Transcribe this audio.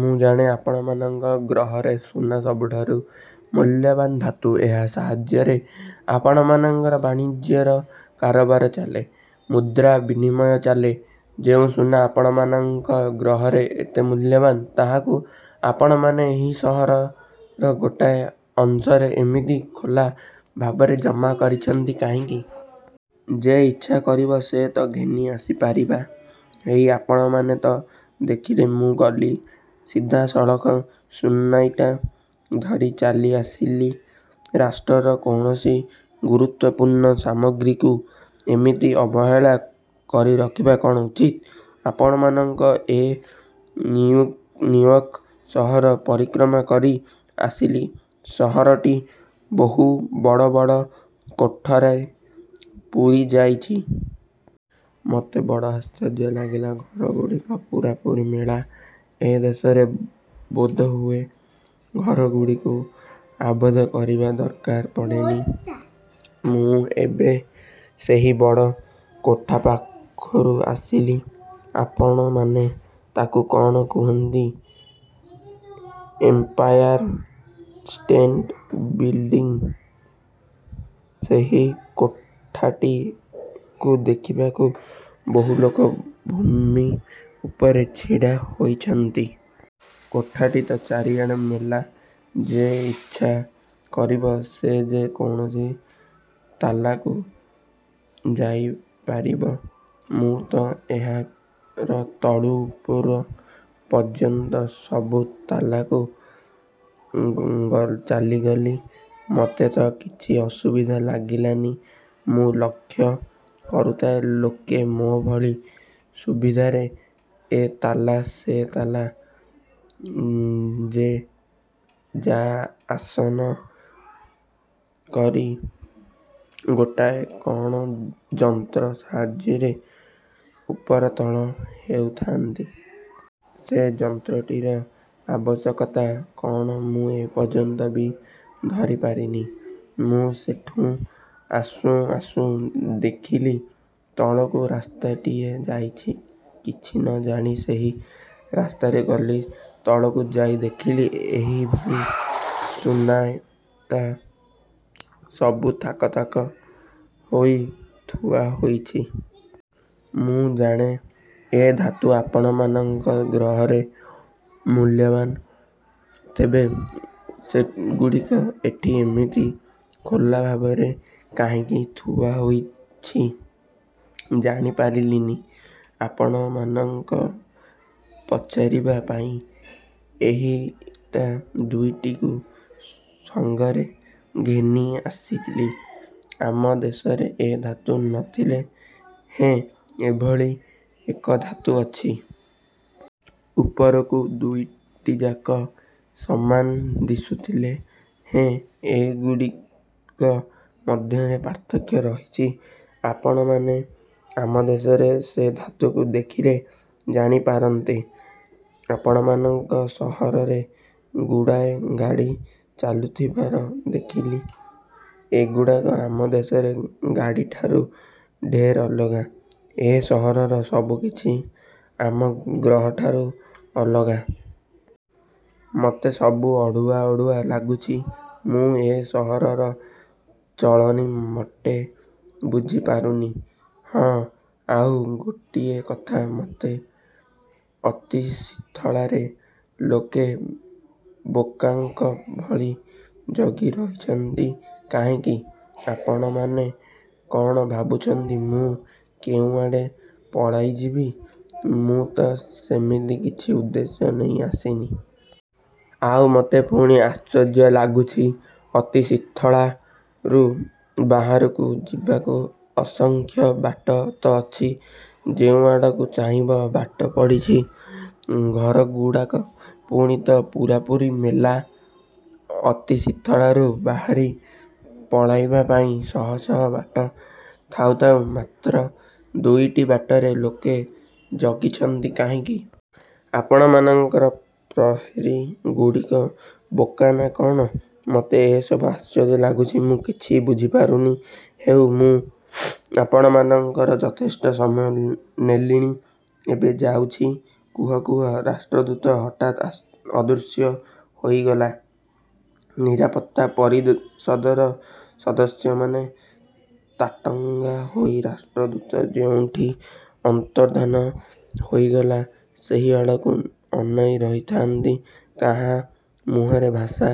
ମୁଁ ଜାଣେ ଆପଣମାନଙ୍କ ଗ୍ରହରେ ସୁନା ସବୁଠାରୁ ମୂଲ୍ୟବାନ ଧାତୁ। ଏହା ସାହାଯ୍ୟରେ ଆପଣମାନଙ୍କର ବାଣିଜ୍ୟ କାରବାର ଚାଲେ, ମୁଦ୍ରା ବିନିମୟ ଚାଲେ। ଯେଉଁ ସୁନା ଆପଣମାନଙ୍କ ଗ୍ରହରେ ଏତେ ମୂଲ୍ୟବାନ, ତାହାକୁ ଆପଣମାନେ ଏହି ସହରର ଗୋଟାଏ ଅଂଶରେ ଏମିତି ଖୋଲା ଭାବରେ ଜମା କରିଛନ୍ତି କାହିଁକି? ଯେ ଇଚ୍ଛା କରିବ, ସେ ତ ଘେନି ଆସିପାରିବା ହେଇ, ଆପଣମାନେ ତ ଦେଖିଲେ ମୁଁ ଗଲି, ସିଧାସଳଖ ସୁନାଇଟା ଧରି ଚାଲିଆସିଲି। ରାଷ୍ଟ୍ରର କୌଣସି ଗୁରୁତ୍ୱପୂର୍ଣ୍ଣ ସାମଗ୍ରୀକୁ ଏମିତି ଅବହେଳା କରି ରଖିବା କ'ଣ ଉଚିତ? ଆପଣମାନଙ୍କ ଏ ନିଉୟର୍କ ସହର ପରିକ୍ରମା କରି ଆସିଲି, ସହରଟି ବହୁ ବଡ଼ ବଡ଼ କୋଠାରେ ପୂରିଯାଇଛି। ମୋତ ବଡ଼ ଆଶ୍ଚର୍ଯ୍ୟ ଲାଗିଲା ଘରଗୁଡ଼ିକ ପୂରାପୂରି ମେଲା, ଏ ଦେଶରେ ବୋଧହୁଏ, ଘରଗୁଡ଼ିକୁ ଆବଦ୍ଧ କରିବା ଦରକାର ପଡ଼େନି। ମୁଁ ଏବେ ସେହି ବଡ଼ କୋଠାପାଖରୁ ଆସିଲି। ଆପଣମାନେ ତାକୁ କ'ଣ କହୁଛନ୍ତି, ଏମ୍ପାୟାରଷ୍ଟେଟ୍ ବିଲଡିଂ। ସେହି କୋଠାଟିକୁ ଦେଖିବାକୁ ବହୁଲୋକ ଭୂମି ଉପରେ ଛିଡ଼ା ହୋଇଛନ୍ତି। କୋଠାଟି ତ ଚାରିଆଡ଼େ ମେଲା, ଯେ ଇଚ୍ଛା କରିବ, ସେ ଯେ କୌଣସି ତାଲାକୁ ଯାଇପାରିବ। ମୁଁ ତ ଏହାର ତଳୁ ଉପର ପର୍ଯ୍ୟନ୍ତ ସବୁ ତାଲାକୁ ଚାଲିଗଲି। ମୋତେ ତ କିଛି ଅସୁବିଧା ଲାଗିଲାନି। ମୁଁ ଲକ୍ଷ୍ୟ କରୁଥାଏ, ଲୋକେ ମୋ ଭଳି ସୁବିଧାରେ ଏ ତାଲା ସେ ତାଲା ଯା-ଆସ ନ କରି ଗୋଟାଏ କ'ଣ ଯନ୍ତ୍ର ସାହାଯ୍ୟରେ ଉପରତଳ ହେଉଥାନ୍ତି। ସେ ଯନ୍ତ୍ରଟିର ଆବଶ୍ୟକତା କଅଣ ମୁଁ ଏ ପର୍ଯ୍ୟନ୍ତ ବି ଧରିପାରିନି। ମୁଁ ସେଠୁଁ ଆସୁଁ ଆସୁଁ ଦେଖିଲି ତଳକୁ ରାସ୍ତାଟିଏ ଯାଇଛି। କିଛି ନ ଜାଣି ସେହି ରାସ୍ତାରେ ଗଲି। ତଳକୁ ଯାଇଦେଖିଲି ଏହି ଭଳି ସୁନାଇଟା ସବୁ ଥାକ ଥାକ ହୋଇ ଥୁଆ ହୋଇଛି। ମୁଁ ଜାଣେ ଏ ଧାତୁ ଆପଣମାନଙ୍କ ଗ୍ରହରେ ମୂଲ୍ୟବାନ। ତେବେ ସେଗୁଡ଼ିକ ଏଠି ଏମିତି ଖୋଲାଭାବରେ କାହିଁକି ଥୁଆହୋଇଛି ଜାଣିପାରିଲିନି-। ଆପଣମାନଙ୍କୁ ପଚାରିବା ପାଇଁ ଏହି ଇଟା ଦୁଇଟିକୁ ସଙ୍ଗରେ ଘେନିଆସିଲି। ଆମ ଦେଶରେ ଏ ଧାତୁ ନ ଥିଲେ ହେଁ ଏଭଳି ଏକ ଧାତୁ ଅଛି। ଉପରକୁ ଦୁଇଟିଯାକ ସମାନ ଦିଶୁଥିଲେ ହେଁ ଏଗୁଡ଼ିକ ମଧ୍ୟରେ ପାର୍ଥକ୍ୟ ରହିଛି। ଆପଣମାନେ ଆମଦେଶର ସେ ଧାତୁକୁ ଦେଖିଲେ ଜାଣିପାରନ୍ତେ। ଆପଣମାନଙ୍କ ସହରରେ ଗୁଡ଼ାଏ ଗାଡ଼ି ଚାଲୁଥିବାର ଦେଖିଲି। ଏଗୁଡ଼ାକ ଆମ ଦେଶର ଗାଡ଼ିଠାରୁ ଢେର ଅଲଗା। ଏ ସହରର ସବୁ କିଛି ଆମ ଗ୍ରହଠାରୁ ଅଲଗା-। ମୋତେ ସବୁ ଅଡ଼ୁଆ ଅଡ଼ୁଆ ଲାଗୁଛି। ମୁଁ ଏ ସହରର ଚଳଣି ମୋଟେ ବୁଝି ପାରୁନି। '' ''ହଁ, ଆଉ ଗୋଟିଏ କଥା, ମୋତେ ଅତିଥିଶାଳାରେ ଲୋକେ ବୋକାଙ୍କ ଭଳି ଜଗି ରହିଛନ୍ତି କାହିଁକି? ଆପଣମାନେ କ'ଣ ଭାବୁଛନ୍ତି ମୁଁ କେଉଁଆଡ଼େ ପଳାଇଯିବି? ମୁଁ ତ ସେମିତି କିଛି ଉଦ୍ଦେଶ୍ୟ ନେଇ ଆସିନି। ଆଉ ମୋତେ ପୁଣି ଆଶ୍ଚର୍ଯ୍ୟ ଲାଗୁଛି ଅତିଥିଶାଳାରୁ ବାହାରକୁ ଯିବାକୁ ଅସଂଖ୍ୟ ବାଟ ତ ଅଛି। ଯେଉଁ ଆଡ଼କୁ ଚାହିଁବ, ବାଟ ପଡ଼ିଛି। ଘରଗୁଡ଼ାକ ପୁଣି ତ ପୂରାପୂରି ମେଲା। ଅତିଥିଶାଳାରୁ ବାହାରି ପଳାଇବା ପାଇଁ ଶହ ଶହ ବାଟ ଥାଉ ଥାଉ ମାତ୍ର ଦୁଇଟି ବାଟରେ ଲୋକେ ଜଗିଛନ୍ତି କାହିଁକି? ଆପଣମାନଙ୍କ ପ୍ରହରୀଗୁଡ଼ାକ ବୋକା ନା କଅଣ? ମୋତେ ଏସବୁ ଆଶ୍ଚର୍ଯ୍ୟ ଲାଗୁଛି। ମୁଁ କିଛି ବୁଝିପାରୁନି। ହେଉ ମୁଁ ଆପଣମାନଙ୍କର ଯଥେଷ୍ଟ ସମୟ ନେଲିଣି; ଏବେ ଯାଉଛି। '' କହୁ କହୁ ରାଷ୍ଟ୍ରଦୂତ ହଠାତ୍ ଅଦୃଶ୍ୟ ହୋଇଗଲା। ନିରାପତ୍ତାପରିଷଦର ସଦସ୍ୟମାନେ ତାଟଙ୍ଗା ହୋଇ ରାଷ୍ଟ୍ରଦୂତ ଯେଉଁଠି ଅନ୍ତର୍ଦ୍ଧାନ ହୋଇଗଲା, ସେହି ଆଡ଼କୁ ଅନାଇ ରହିଥାନ୍ତି। କାହା ମୁହଁରେ ଭାଷା